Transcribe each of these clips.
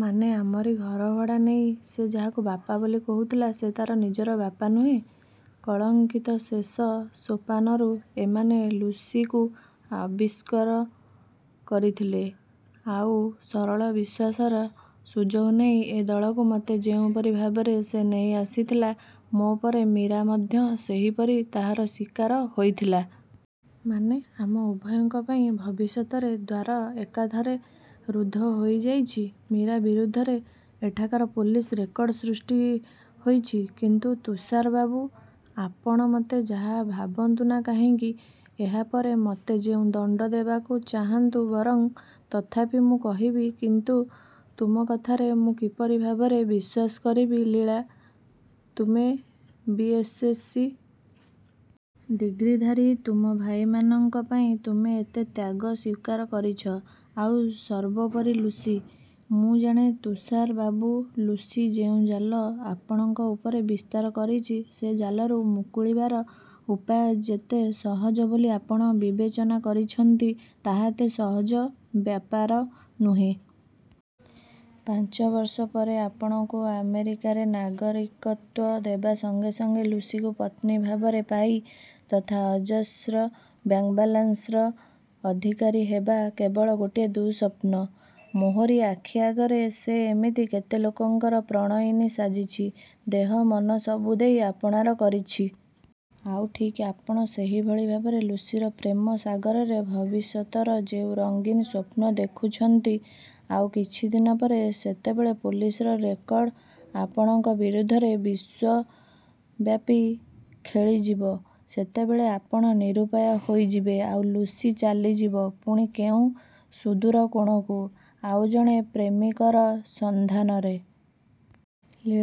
ମାନେ? ଆମରି ଘର ଭଡ଼ା ନେଇ ସେ ଯାହାକୁ ବାପା ବୋଲି କହୁଥିଲା, ସେ ତାର ନିଜର ବାପା ନୁହେଁ। କଳଙ୍କିତ ଶେଷ ସୋପାନରୁ ଏମାନେ ଲୁସିକୁ ଆବିଷ୍କାର କରିଥିଲେ। ଆଉ ସରଳ ବିଶ୍ୱାସର ସୁଯୋଗ ନେଇ ଏ ଦଳକୁ ମୋତେ ଯେଉଁପରି ଭାବରେ ସେ ନେଇଆସିଥିଲା, ମୋ ପରେ ମୀରା ମଧ୍ୟ ସେହିପରି ତାହାର ଶିକାର ହୋଇଥିଲା। ମାନେ, ଆମ ଉଭୟଙ୍କ ପାଇଁ ଭବିଷ୍ୟତରେ ଦ୍ୱାର ଏକାଥରେ ରୁଦ୍ଧ ହୋଇଯାଇଛି। ମୀରା ବିରୁଦ୍ଧରେ ଏଠାକାର ପୋଲିସ୍ ରେକର୍ଡ ସୃଷ୍ଟି ହୋଇଛି। କିନ୍ତୁ ତୁଷାର ବାବୁ, ଆପଣ ମୋତେ ଯାହା ଭାବନ୍ତୁ ନା କାହିଁକି, ଏହା ପରେ ମୋତେ ଯେଉଁ ଦଣ୍ଡ ଦେବାକୁ ଚାହାନ୍ତୁ ବରଂ, ତଥାପି ମୁଁ କହିବି କିନ୍ତୁ ତୁମ କଥାରେ ମୁଁ କିପରି ଭାବରେ ବିଶ୍ୱାସ କରିବି ଲୀଳା, ତୁମେ ବି.ଏସ୍‌ସି. ଡିଗ୍ରୀଧାରୀ, ତୁମ ଭାଇମାନଙ୍କ ପାଇଁ ତୁମେ ଏତେ ତ୍ୟାଗ ସ୍ୱୀକାର କରିଛ, ଆଉ ସର୍ବୋପରି ଲୁସି। ମୁଁ ଜାଣେ ତୁଷାର ବାବୁ, ଲୁସି ଯେଉଁ ଜାଲ ଆପଣଙ୍କ ଉପରେ ବିସ୍ତାର କରିଛି, ସେ ଜାଲରୁ ମୁକୁଳିବାର ଉପାୟ ଯେତେ ସହଜ ବୋଲି ଆପଣ ବିବେଚନା କରିଛନ୍ତି, ତାହା ଏତେ ସହଜ ବ୍ୟାପାର ନୁହେଁ। ପାଞ୍ଚ ବର୍ଷ ପରେ ଆପଣଙ୍କୁ ଆମେରିକାରେ ନାଗରିକତ୍ୱ ଦେବା ସଙ୍ଗେ ସଙ୍ଗେ ଲୁସିକୁ ପତ୍ନୀ ଭାବରେ ପାଇ ତଥା ଅଜସ୍ର ବ୍ୟାଙ୍କ ବାଲାନ୍ସର ଅଧିକାରୀ ହେବା କେବଳ ଗୋଟିଏ ଦୁଃସ୍ୱପ୍ନ। ମୋହରି ଆଖି ଆଗରେ ସେ ଏମିତି କେତେ ଲୋକଙ୍କର ପ୍ରଣୟିନୀ ସାଜିଛି। ଦେହ ମନ ସବୁ ଦେଇ ଆପଣାର କରିଛି। ଆଉ ଠିକ୍ ଆପଣ ସେହିଭଳି ଭାବରେ ଲୁସିର ପ୍ରେମ ସାଗରରେ ଭବିଷ୍ୟତର ଯେଉଁ ରଙ୍ଗୀନ୍ ସ୍ୱପ୍ନ ଦେଖୁଛନ୍ତି, ଆଉ କିଛିଦିନ ପରେ ସେତେବେଳେ ପୋଲିସ୍‌ର ରେକର୍ଡ ଆପଣଙ୍କ ବିରୁଦ୍ଧରେ ବିଶ୍ୱବ୍ୟାପୀ ଖେଳିଯିବ, ସେତେବେଳେ ଆପଣ ନିରୁପାୟ ହୋଇଯିବେ, ଆଉ ଲୁସି ଚାଲିଯିବ ପୁଣି କେଉଁ ସୁଦୂର କୋଣକୁ ଆଉ ଜଣେ ପ୍ରେମିକର ସନ୍ଧାନରେ।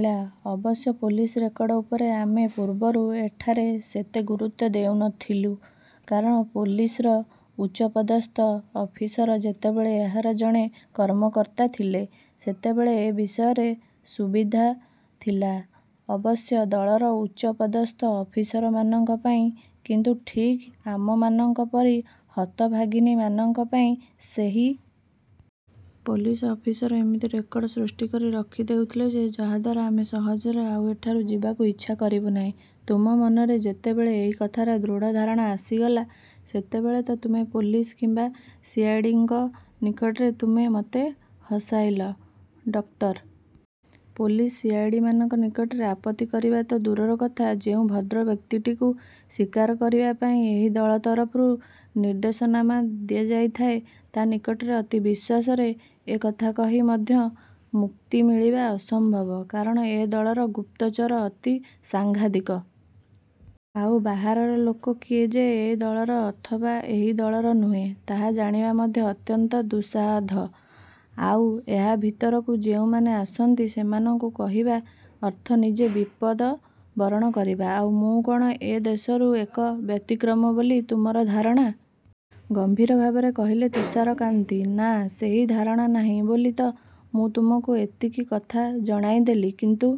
ଲା, ଅବଶ୍ୟ ପୋଲିସ୍ ରେକର୍ଡ ଉପରେ ଆମେ ପୂର୍ବରୁ ଏଠାରେ ସେତେ ଗୁରୁତ୍ୱ ଦେଉନଥିଲୁ। କାରଣ ପୋଲିସ୍‌ର ଉଚ୍ଚପଦସ୍ଥ ଅଫିସର ଯେତେବେଳେ ଏହାର ଜଣେ କର୍ମକର୍ତ୍ତା ଥିଲେ, ସେତେବେଳେ ଏ ବିଷୟରେ ସୁବିଧା ଥିଲା, ଅବଶ୍ୟ ଦଳର ଉଚ୍ଚପଦସ୍ଥ ଅଫିସରମାନଙ୍କ ପାଇଁ। କିନ୍ତୁ ଠିକ୍ ଆମମାନଙ୍କ ପରି ହତଭାଗିନୀମାନଙ୍କ ପାଇଁ ସେହି। ପୋଲିସ୍ ଅଫିସର ଏମିତି ରେକର୍ଡ ସୃଷ୍ଟି କରି ରଖିଦେଉଥିଲେ ଯେ, ଯାହାଦ୍ୱାରା ଆମେ ସହଜରେ ଆଉ ଏଠାରୁ ଯିବାକୁ ଇଚ୍ଛା କରିବୁ ନାହିଁ। ତୁମ ମନରେ ଯେତେବେଳେ ଏହି କଥାର ଦୃଢ଼ ଧାରଣା ଆସିଗଲା, ସେତେବେଳେ ତ ତୁମେ ପୋଲିସ୍ କିମ୍ବା ସି.ଆଇ.ଡି.ଙ୍କ ନିକଟରେ ତୁମେ ମୋତେ ହସାଇଲ, ଡକ୍ଟର। ପୋଲିସ୍, ସି.ଆଇ.ଡି.ମାନଙ୍କ ନିକଟରେ ଆପତ୍ତି କରିବା ତ ଦୂରର କଥା, ଯେଉଁ ଭଦ୍ରବ୍ୟକ୍ତିଟିକୁ ଶିକାର କରିବା ପାଇଁ ଏହି ଦଳ ତରଫରୁ ନିର୍ଦ୍ଦେଶନାମା ଦିଆଯାଇଥାଏ, ତା ନିକଟରେ ଅତି ବିଶ୍ୱାସରେ ଏ କଥା କହି ମଧ୍ୟ ମୁକ୍ତି ମିଳିବା ଅସମ୍ଭବ। କାରଣ ଏ ଦଳର ଗୁପ୍ତଚର ଅତି ସାଙ୍ଘାତିକ। ଆଉ ବାହାରର ଲୋକ କିଏ ଯେ ଏ ଦଳର ଅଥବା ଏହି ଦଳର ନୁହେଁ, ତାହା ଜାଣିବା ମଧ୍ୟ ଅତ୍ୟନ୍ତ ଦୁଃସାଧ। ଆଉ ଏହା ଭିତରକୁ ଯେଉଁମାନେ ଆସନ୍ତି, ସେମାନଙ୍କୁ କହିବା ଅର୍ଥ ନିଜେ ବିପଦ ବରଣ କରିବା। ଆଉ ମୁଁ କଣ ଏ ଦେଶରୁ ଏକ ବ୍ୟତିକ୍ରମ ବୋଲି ତୁମର ଧାରଣା? ଗମ୍ଭୀର ଭାବରେ କହିଲେ ତୁଷାରକାନ୍ତି। ନା, ସେହି ଧାରଣା ନାହିଁ ବୋଲି ତ ମୁଁ ତୁମକୁ ଏତିକି କଥା ଜଣାଇଦେଲି। କିନ୍ତୁ